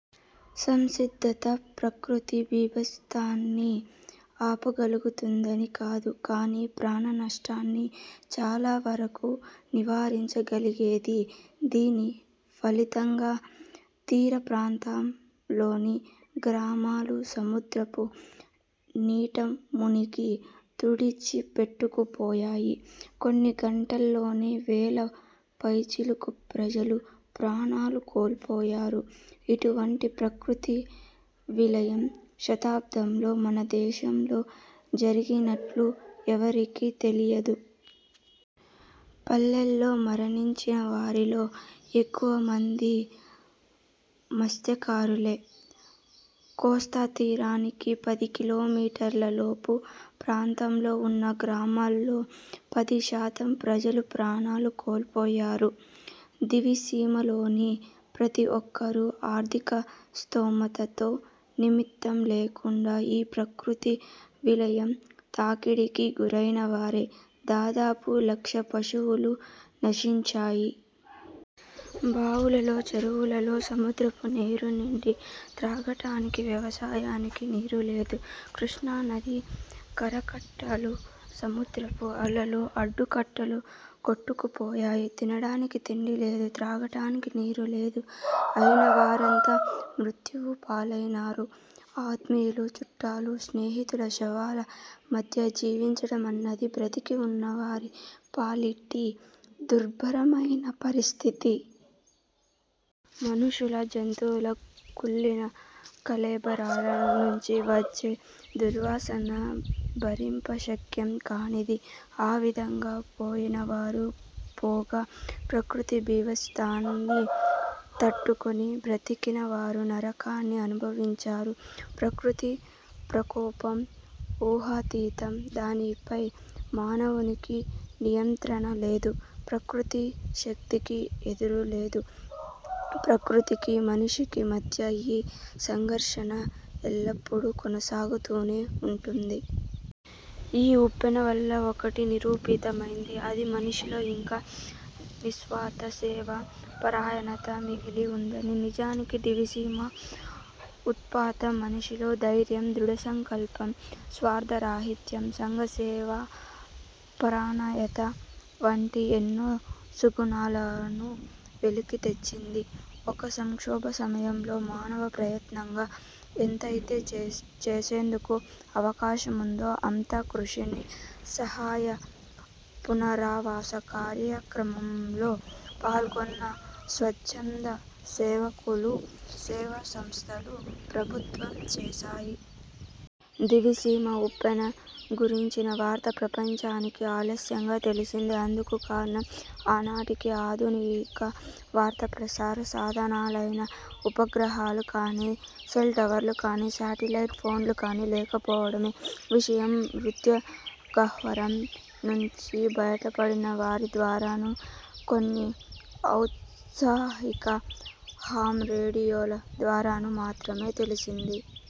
సంసిద్ధత ప్రకృతి భీభత్సాన్ని ఆపగలుగుతుందని కాదు, కానీ ప్రాణనష్టాన్ని చాలా వరకూ నివారించగలిగేది. దీని ఫలితంగా తీర ప్రాంతంలోని గ్రామాలు సముద్రపు నీటమునిగి తుడిచిపెట్టుకుపోయాయి. కొన్ని గంటల్లోనే వేల పైచిలుకు ప్రజలు ప్రాణాలు కోల్పోయారు. ఇటువంటి ప్రకృతి విలయం శతాబ్దంలో మనదేశంలో జరిగినట్లు ఎవరికీ తెలియదు. పల్లెల్లో మరణించిన వారిలో ఎక్కువ మంది మత్స్యకారులే. కోస్తాతీరానికి పది కిలోమీటర్ల లోపు ప్రాంతంలో ఉన్న గ్రామాల్లో పది శాతం ప్రజలు ప్రాణాలు కోల్పోయారు. దివిసీమలోని ప్రతి ఒక్కరూ, ఆర్థిక స్తోమతతో నిమిత్తం లేకుండా, ఈ ప్రకృతి విలయం తాకిడికి గురైనవారే. దాదాపు లక్ష పశువులు నశించాయి. బావులలో, చెరువులలో సముద్రపు నీరు నిండి, త్రాగటానికి, వ్యవసాయానికి నీరులేదు. కృష్ణానది కరకట్టలు, సముద్రపు అలల అడ్డుకట్టలు కొట్టుకుపోయాయి. తినడానికి తిండి లేదు. త్రాగటానికి నీరు లేదు. అయినవారంతా మృత్యువు పాలైనారు. ఆత్మీయులు, చుట్టాల, స్నేహితుల శవాల మధ్య జీవించడమన్నది బ్రతికి ఉన్నవారి పాలిటి దుర్భరమైన పరిస్థితి. మనుషుల, జంతువుల కుళ్ళిన కళేబరాల నుంచి వచ్చే దుర్వాసన భరింపశక్యం కానిది. ఆ విధంగా పోయినవారు పోగా ప్రకృతి భీభత్సాన్ని తట్టుకుని బ్రతికిన వారు నరకాన్ని అనుభవించారు. ప్రకృతి ప్రకోపం ఊహాతీతం. దానిపై మానవునికి నియంత్రణ లేదు. ప్రకృతి శక్తికి ఎదురులేదు. ప్రకృతికి – మనిషికి మధ్య ఈ సంఘర్షణ ఎల్లప్పుడూ కొనసాగుతూనే ఉంటుంది. ఈ ఉప్పెన వల్ల ఒకటి నిరూపితమైంది. అది – మనిషిలో ఇంకా నిస్వార్థ సేవా పరాయణత మిగిలి ఉందని. నిజానికి దివిసీమ ఉత్పాతం మనిషిలోని ధైర్యం, దృఢసంకల్పం, స్వార్థ రాహిత్యం, సంఘసేవాపరాయణత వంటి ఎన్నో సుగుణాలను వెలికి తెచ్చింది. ఒక సంక్షోభ సమయంలో మానవ ప్రయత్నంగా ఎంతైతే చేసేందుకు అవకాశముందో, అంత కృషిని సహాయ పునరావాస కార్యక్రమంలో పాల్గొన్న స్వచ్ఛంద సేవకులు, సేవా సంస్థలు, ప్రభుత్వం చేశాయి. దివిసీమ ఉప్పెన గురించిన వార్త ప్రపంచానికి ఆలస్యంగా తెలిసింది. అందుకు కారణం ఆనాటికి ఆధునిక వార్తా ప్రసార సాధనాలైన ఉపగ్రహాలు కానీ, సెల్ టవర్లు కానీ, శాటిలైట్ ఫోన్లు కానీ లేకపోవడమే. విషయం, మృత్య గహ్వరం నుంచి బయటపడిన వారి ద్వారానూ, కొన్ని ఔత్సాహిక హామ్ రేడియోల ద్వారానూ మాత్రమే తెలిసింది.